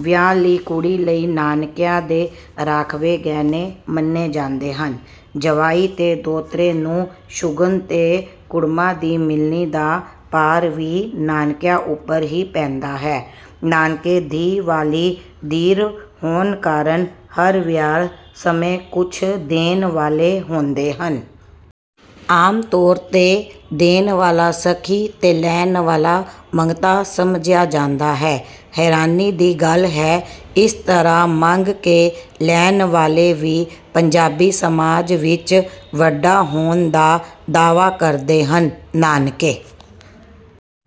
ਵਿਆਹੁਲੀ ਕੁੜੀ ਲਈ ਨਾਨਕਿਆਂ ਦੇ ਰਾਂਖਵੇਂ ਗਹਿਣੇ ਮੰਨੇ ਜਾਂਦੇ ਹਨ। ਜਵਾਈ ਤੇ ਦੋਹਤਰੇ ਨੂੰ ਸ਼ਗਨ ਤੇ ਕੁੜਮਾ ਦੀ ਮਿਲਣੀ ਦਾ ਭਾਰ ਵੀ ਨਾਨਕਿਆਂ ਉੱਪਰ ਹੀ ਪੈਂਦਾ ਹੈ। ਨਾਨਕੇ ਧੀ ਵਾਲੀ ਧਿਰ ਹੋਣ ਕਾਰਨ ਹਰ ਵਿਹਾਰ ਸਮੇਂ ਕੁਝ ਦੇਣ ਵਾਲੇ ਹੁੰਦੇ ਹਨ। ਆਮ ਤੌਰ ਤੇ ਦੇਣ ਵਾਲਾ ਸਖੀ ਤੇ ਲੈਣ ਵਾਲਾ ਮੰਗਤਾ ਸਮਝਿਆ ਜਾਂਦਾ ਹੈ। ਹੈਰਾਨੀ ਦੀ ਗੱਲ ਹੈ ਕਿ ਇਸ ਤਰ੍ਹਾਂ ਮੰਗ ਕੇ ਲੈਣ ਵਾਲੇ ਵੀ ਪੰਜਾਬੀ ਸਮਾਜ ਵਿਚ ਵੱਡਾ ਹੋਣ ਦਾ ਦਾਅਵਾ ਕਰਦੇ ਹਨ। ਨਾਨਕੇ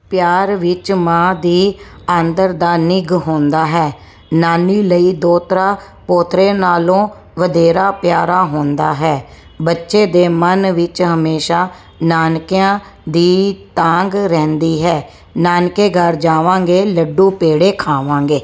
ਪਿਆਰ ਵਿਚ ਮਾਂ ਦੀ ਆਂਦਰ ਦਾ ਨਿੱਘ ਹੁੰਦਾ ਹੈ। ਨਾਨੀ ਲਈ ਦੋਹਤਰਾ ਪੋਤਰੇ ਨਾਲੋਂ ਵਧੇਰੇ ਪਿਆਰਾ ਹੁੰਦਾ ਹੈ। ਬੱਚੇ ਦੇ ਮਨ ਵਿਚ ਹਮੇਸ਼ਾ ਨਾਨਕਿਆਂ ਦੀ ਤਾਂਘ ਰਹਿੰਦੀ ਹੈ:"ਨਾਨਕੇ ਘਰ ਜਾਵਾਂਗੇ। ਲੱਡੂ ਪੇੜੇ ਖਾਵਾਂਗੇ।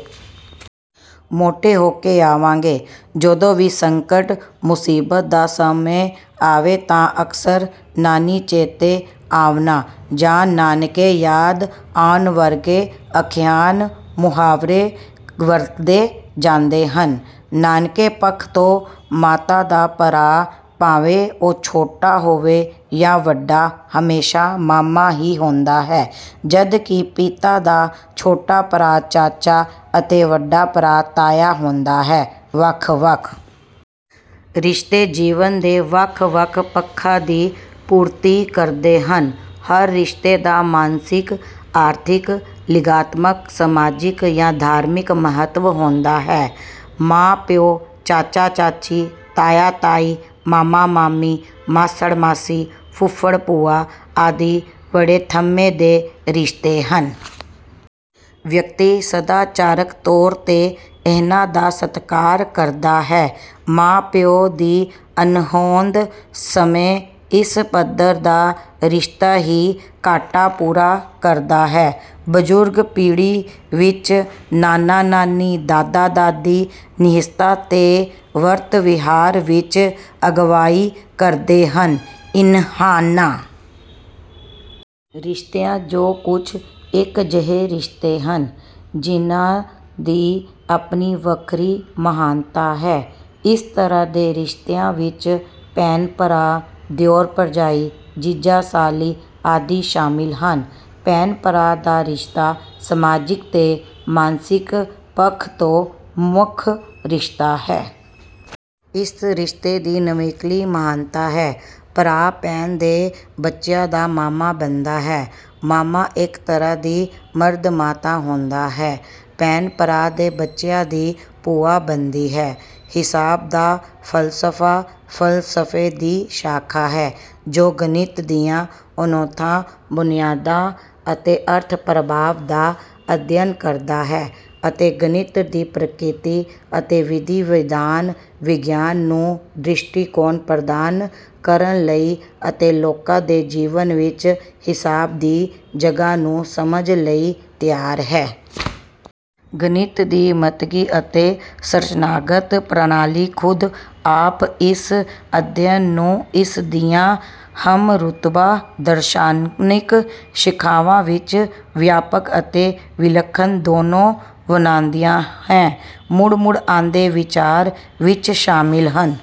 ਮੋਟੇ ਹੋ ਕੇ ਆਵਾਂਗੇ।"ਜਦੋਂ ਵੀ ਸੰਕਟ-ਮੁਸੀਬਤ ਦਾ ਸਮਾਂ ਆਵੇ ਤਾਂ ਅਕਸਰ 'ਨਾਨੀ ਚੇਤੇ ਆਉਣਾ' ਜਾਂ 'ਨਾਨਕੇ ਯਾਦ ਆਉਣ' ਵਰਗੇ ਅਖਾਣ-ਮੁਹਾਵਰੇ ਵਰਤੇ ਜਾਂਦੇ ਹਨ। ਨਾਨਕੇ ਪੱਖ ਤੋਂ ਮਾਤਾ ਦਾ ਭਰਾ, ਭਾਵੇਂ ਉਹ ਛੋਟਾ ਹੋਵੇ ਜਾਂ ਵੱਡਾ, ਹਮੇਸ਼ਾ ਮਾਮਾ ਹੀ ਹੁੰਦਾ ਹੈ; ਜਦਕਿ ਪਿਤਾ ਦਾ ਛੋਟਾ ਭਰਾ ਚਾਚਾ ਅਤੇ ਵੱਡਾ ਭਰਾ ਤਾਇਆ ਹੁੰਦਾ ਹੈ। ਵੱਖ-ਵੱਖ ਰਿਸ਼ਤੇ ਜੀਵਨ ਦੇ ਵੱਖ-ਵੱਖ ਪੱਖਾਂ ਦੀ ਪੂਰਤੀ ਕਰਦੇ ਹਨ। ਹਰ ਰਿਸ਼ਤੇ ਦਾ ਮਾਨਸਿਕ, ਆਰਥਿਕ, ਲਿੰਗਾਤਮਕ, ਸਮਾਜਿਕ ਜਾਂ ਧਾਰਮਿਕ ਮਹੱਤਵ ਹੁੰਦਾ ਹੈ। ਮਾਂ-ਪਿਓ, ਚਾਚਾ-ਚਾਚੀ, ਤਾਇਆ-ਤਾਈ, ਮਾਮਾ-ਮਾਮੀ, ਮਾਸੜ-ਮਾਸੀ, ਫੁੱਫੜ-ਭੂਆ ਆਦਿ ਵੱਡੇ ਥੰਮ੍ਹੇ ਦੇ ਰਿਸ਼ਤੇ ਹਨ। ਵਿਅਕਤੀ ਸਦਾਚਾਰਕ ਤੌਰ ਤੇ ਇਹਨਾਂ ਦਾ ਸਤਿਕਾਰ ਕਰਦਾ ਹੈ। ਮਾਂ-ਪਿਓ ਦੀ ਅਣਹੋਂਦ ਸਮੇਂ ਇਸ ਪੱਧਰ ਦਾ ਰਿਸ਼ਤਾ ਹੀ ਘਾਟਾ ਪੂਰਾ ਕਰਦਾ ਹੈ। ਬਜ਼ੁਰਗ ਪੀੜ੍ਹੀ ਵਿਚ ਨਾਨਾ-ਨਾਨੀ, ਦਾਦਾ-ਦਾਦੀ ਨਸੀਹਤਾਂ ਤੇ ਵਰਤ-ਵਿਹਾਰ ਵਿਚ ਅਗਵਾਈ ਕਰਦੇ ਹਨ। ਇਹਨਾਂ ਰਿਸ਼ਤਿਆਂ 'ਚੋਂ ਕੁਝ ਇਕ ਅਜਿਹੇ ਰਿਸ਼ਤੇ ਹਨ ਜਿਨ੍ਹਾਂ ਦੀ ਆਪਣੀ ਵੱਖਰੀ ਮਹਾਨਤਾ ਹੈ। ਇਸ ਤਰ੍ਹਾਂ ਦੇ ਰਿਸ਼ਤਿਆਂ ਵਿਚ ਭੈਣ-ਭਰਾ, ਦਿਓਰ-ਭਰਜਾਈ, ਜੀਜਾ-ਸਾਲੀ ਆਦਿ ਸ਼ਾਮਿਲ ਹਨ। ਭੈਣ-ਭਰਾ ਦਾ ਰਿਸ਼ਤਾ ਸਮਾਜਿਕ ਤੇ ਮਾਨਸਿਕ ਪੱਖ ਤੋਂ ਮੁੱਖ ਰਿਸ਼ਤਾ ਹੈ। ਇਸ ਰਿਸ਼ਤੇ ਦੀ ਨਿਵੇਕਲੀ ਮਹਾਨਤਾ ਹੈ। ਭਰਾ ਭੈਣ ਦੇ ਬੱਚਿਆਂ ਦਾ ਮਾਮਾ ਬਣਦਾ ਹੈ ਮਾਮਾ ਇਕ ਤਰ੍ਹਾਂ ਦੀ 'ਮਰਦ ਮਾਤਾ' ਹੁੰਦਾ ਹੈ। ਭੈਣ ਭਰਾ ਦੇ ਬੱਚਿਆਂ ਦੀ ਭੂਆ ਬਣਦੀ ਹੈ। ਹਿਸਾਬ ਦਾ ਫ਼ਲਸਫ਼ਾ, ਫ਼ਲਸਫ਼ੇ ਦੀ ਸ਼ਾਖਾ ਹੈ ਜੋ ਗਣਿਤ ਦੀਆਂ ਮਨੌਤਾਂ, ਬੁਨਿਆਦਾਂ ਅਤੇ ਅਰਥ-ਪ੍ਰਭਾਵਾਂ ਦਾ ਅਧਿਐਨ ਕਰਦਾ ਹੈ ਅਤੇ ਗਣਿਤ ਦੀ ਪ੍ਰਕ੍ਰਿਤੀ ਅਤੇ ਵਿਧੀ-ਵਿਗਿਆਨ ਨੂੰ ਦ੍ਰਿਸ਼ਟੀਕੋਣ ਪ੍ਰਦਾਨ ਕਰਨ ਲਈ ਅਤੇ ਲੋਕਾਂ ਦੇ ਜੀਵਨ ਵਿੱਚ ਹਿਸਾਬ ਦੀ ਜਗ੍ਹਾ ਨੂੰ ਸਮਝਣ ਲਈ ਤਿਆਰ ਹੈ। ਗਣਿਤ ਦੀ ਮੰਤਕੀ ਅਤੇ ਸੰਰਚਨਾਗਤ ਪ੍ਰਣਾਲੀ ਖ਼ੁਦ ਆਪ ਇਸ ਅਧਿਐਨ ਨੂੰ ਇਸਦੀਆਂ ਹਮਰੁਤਬਾ ਦਾਰਸ਼ਨਿਕ ਸ਼ਾਖਾਵਾਂ ਵਿਚ ਵਿਆਪਕ ਅਤੇ ਵਿਲੱਖਣ ਦੋਨੋਂ ਬਣਾਉਂਦੀ ਹੈ। ਮੁੜ-ਮੁੜ ਆਉਂਦੇ ਵਿਚਾਰਾਂ ਵਿੱਚ ਸ਼ਾਮਲ ਹਨ:...